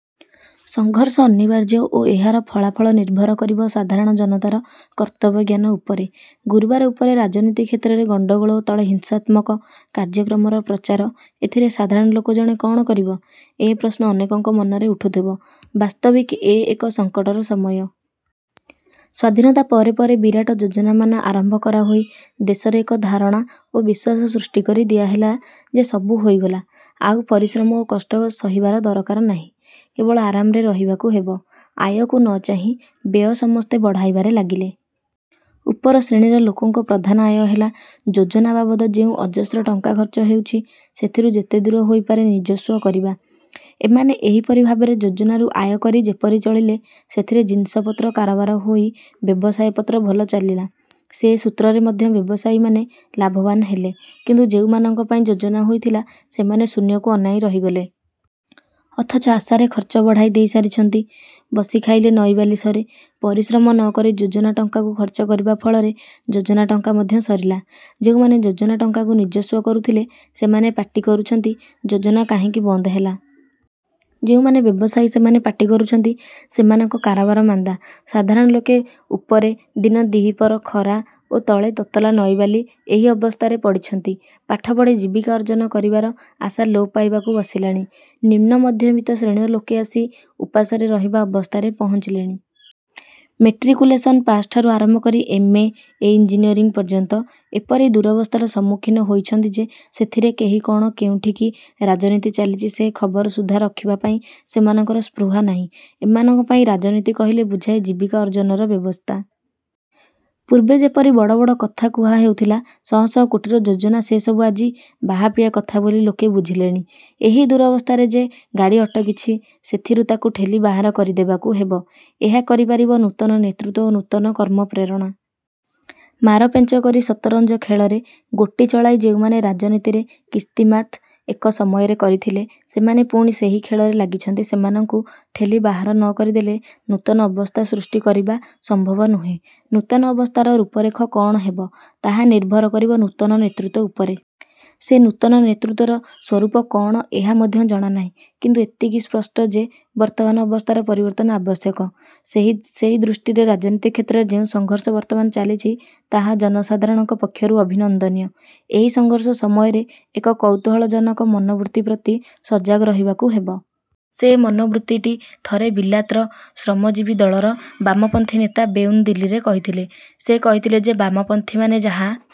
ସଂଘର୍ଷ ଅନିବାର୍ଯ୍ୟ ଓ ଏହାର ଫଳାଫଳ ନିର୍ଭର କରିବ ସାଧାରଣ ଜନତାର କର୍ତ୍ତବ୍ୟଜ୍ଞାନ ଉପରେ। ଗୁରୁବାର ଉପରେ ରାଜନୀତି କ୍ଷେତ୍ରରେ ଗଣ୍ଡଗୋଳ ଓ ତଳେ ହିଂସାତ୍ମକ କାର୍ଯ୍ୟକ୍ରମର ପ୍ରଚାର ଏଥିରେ ସାଧାରଣ ଲୋକ ଜଣେ କଅଣ କରିବ, ଏ ପ୍ରଶ୍ନ ଅନେକଙ୍କ ମନରେ ଉଠୁଥିବ। ବାସ୍ତବିକ ଏ ଏକ ସଂକଟର ସମୟ। ସ୍ୱାଧୀନତା ପରେ ପରେ ବିରାଟ ଯୋଜନାମାନ ଆରମ୍ଭ କରାହୋଇ ଦେଶରେ ଏକ ଧାରଣା ଓ ବିଶ୍ୱାସ ସୃଷ୍ଟିକରି ଦିଆହେଲା ଯେ ସବୁ ହୋଇଗଲା- ଆଉ ପରିଶ୍ରମ ଓ କଷ୍ଟ ସହିବାର ଦରକାର ନାହିଁ, କେବଳ ଆରାମରେ ରହିବାକୁ ହେବ। ଆୟକୁ ନ ଚାହିଁ ବ୍ୟୟ ସମସ୍ତେ ବଢ଼ାଇବାରେ ଲାଗିଲେ। ଉପର ଶ୍ରେଣୀର ଲୋକଙ୍କ ପ୍ରଧାନ ଆୟ ହେଲା, ଯୋଜନାବାବଦ ଯେଉଁ ଅଜସ୍ର ଟଙ୍କା ଖର୍ଚ୍ଚ ହେଉଛି, ସେଥିରୁ ଯେତେଦୂର ହୋଇପାରେ ନିଜସ୍ୱ କରିବା। ଏମାନେ ଏହିପରି ଭାବରେ ଯୋଜନାରୁ ଆୟକରି ଯେପରି ଚଳିଲେ, ସେଥିରେ ଜିନିଷପତ୍ର କାରବାର ହୋଇ ବ୍ୟବସାୟପତ୍ର ଭଲ ଚାଲିଲା। ସେ ସୂତ୍ରରେ ମଧ୍ୟ ବ୍ୟବସାୟୀମାନେ ଲାଭବାନ ହେଲେ; କିନ୍ତୁ ଯେଉଁମାନଙ୍କ ପାଇଁ ଯୋଜନା ହୋଇଥିଲା, ସେମାନେ ଶୂନ୍ୟକୁ ଅନାଇଁ ରହିଗଲେ। ଅଥଚ ଆଶାରେ ଖର୍ଚ୍ଚ ବଢ଼ାଇ ଦେଇ ସାରିଛନ୍ତି। ''ବସି ଖାଇଲେ ନଈବାଲି ସରେ। '' ପରିଶ୍ରମ ନ କରି ଯୋଜନା ଟଙ୍କାକୁ ଖର୍ଚ୍ଚ କରିବା ଫଳରେ ଯୋଜନା ଟଙ୍କା ମଧ୍ୟ ସରିଲା। ଯେଉଁମାନେ ଯୋଜନା ଟଙ୍କାକୁ ନିଜସ୍ୱ କରୁଥିଲେ, ସେମାନେ ପାଟିକରୁଛନ୍ତି ଯୋଜନା କାହିଁକି ବନ୍ଦହେଲା। ଯେଉଁମାନେ ବ୍ୟବସାୟୀ ସେମାନେ ପାଟିକରୁଛନ୍ତି ସେମାନଙ୍କ କାରବାର ମାନ୍ଦା। ସାଧାରଣ ଲୋକେ ଉପରେ ଦିନଦିପହର ଖରା ଓ ତଳେ ତତଲା ନଈବାଲି ଏହି ଅବସ୍ଥାରେ ପଡ଼ିଛନ୍ତି। ପାଠପଢ଼ି ଜୀବିକା ଅର୍ଜ୍ଜନ କରିବାର ଆଶା ଲୋପ ପାଇବାକୁ ବସିଲାଣି। ନିମ୍ନମଧ୍ୟବିତ୍ତ ଶ୍ରେଣୀର ଲୋକେ ଆସି ଉପାସରେ ରହିବା ଅବସ୍ଥାରେ ପହଞ୍ଚିଲେଣି। ମେଟ୍ରିକ୍ୟୁଲେସନ ପାସଠାରୁ ଆରମ୍ଭ କରି ଏମ: ଏ; ଇଂଜିନିଅରିଙ୍ଗ ପର୍ଯ୍ୟନ୍ତ ଏପରି ଦୂରବସ୍ଥାର ସମ୍ମୁଖୀନ ହୋଇଛନ୍ତି ଯେ ସେଥିରେ କେହି କଅଣ କେଉଁଠି କି ରାଜନୀତି ଚାଲିଛି ସେ ଖବର ସୁଦ୍ଧା ରଖିବା ପାଇଁ ସେମାନଙ୍କର ସ୍ପୃହା ନାହିଁ। ଏମାନଙ୍କ ପାଇଁ ରାଜନୀତି କହିଲେ ବୁଝାଏ ଜୀବିକା ଅର୍ଜ୍ଜନର ବ୍ୟବସ୍ଥା-। ପୂର୍ବେ ଯେପରି ବଡ଼ ବଡ଼ କଥା କୁହା ହେଉଥିଲା। ଶହଶହ କୋଟିର ଯୋଜନା ସେସବୁ ଆଜି ବାହାପିଆ କଥା ବୋଲି ଲୋକେ ବୁଝିଲେଣି। ଏହି ଦୂରବସ୍ଥାରେ ଯେ ଗାଡ଼ି ଅଟକିଛି, ସେଥିରୁ ତାକୁ ଠେଲି ବାହାର କରିଦେବାକୁ ହେବ। ଏହା କରିପାରିବ ନୂତନ ନେତୃତ୍ୱ ଓ ନୂତନ କର୍ମପ୍ରେରଣା। ମାରପେଞ୍ଚ କରି ସତରଞ୍ଜ ଖେଳରେ ଗୋଟି ଚଳାଇ ଯେଉଁମାନେ ରାଜନୀତିରେ କିସ୍ତିମାତ୍ ଏକ ସମୟରେ କରିଥିଲେ, ସେମାନେ ପୁଣି ସେହି ଖେଳରେ ଲାଗିଛନ୍ତି-। ସେମାନଙ୍କୁ। ଠେଲି ବାହାର ନ କରିଦେଲେ ନୂତନ ଅବସ୍ଥା ସୃଷ୍ଟି କରିବା ସମ୍ଭବ ନୁହେଁ। ନୂତନ ଅବସ୍ଥାର ରୂପରେଖ କଅଣ ହେବ, ତାହା ନିର୍ଭର କରିବ ନୂତନ ନେତୃତ୍ୱ ଉପରେ। ସେ ନୂତନ ନେତୃତ୍ୱର ସ୍ୱରୂପ କଅଣ ଏହା ମଧ୍ୟ ଜଣାନାହିଁ; କିନ୍ତୁ ଏତିକି ସ୍ପଷ୍ଟ ଯେ ବର୍ତ୍ତମାନ ଅବସ୍ଥାର ପରିବର୍ତ୍ତନ ଆବଶ୍ୟକ। ସେହି ଦୃଷ୍ଟିରେ ରାଜନୀତି କ୍ଷେତ୍ରରେ ଯେଉଁ ସଂଘର୍ଷ ବର୍ତ୍ତମାନ ଚାଲିଛି ତାହା ଜନସାଧାଣଙ୍କ ପକ୍ଷରୁ ଅଭିନନ୍ଦନୀୟ। ଏହି ସଂଘର୍ଷ ସମୟରେ ଏକ କୌତୂହଳଜନକ ମନୋବୃତ୍ତି ପ୍ରତି ସଜାଗ ରହିବାକୁ ହେବ। ସେ ମନୋବୃତ୍ତିଟି ଥରେ ବିଲାତର ଶ୍ରମଜୀବୀ ଦଳର ବାମପନ୍ଥୀ ନେତା ବେଉନ୍ ଦିଲ୍ଲୀରେ କହିଥିଲେ। ସେ କହିଥିଲେ ଯେ ବାମପନ୍ଥୀମାନେ ଯାହା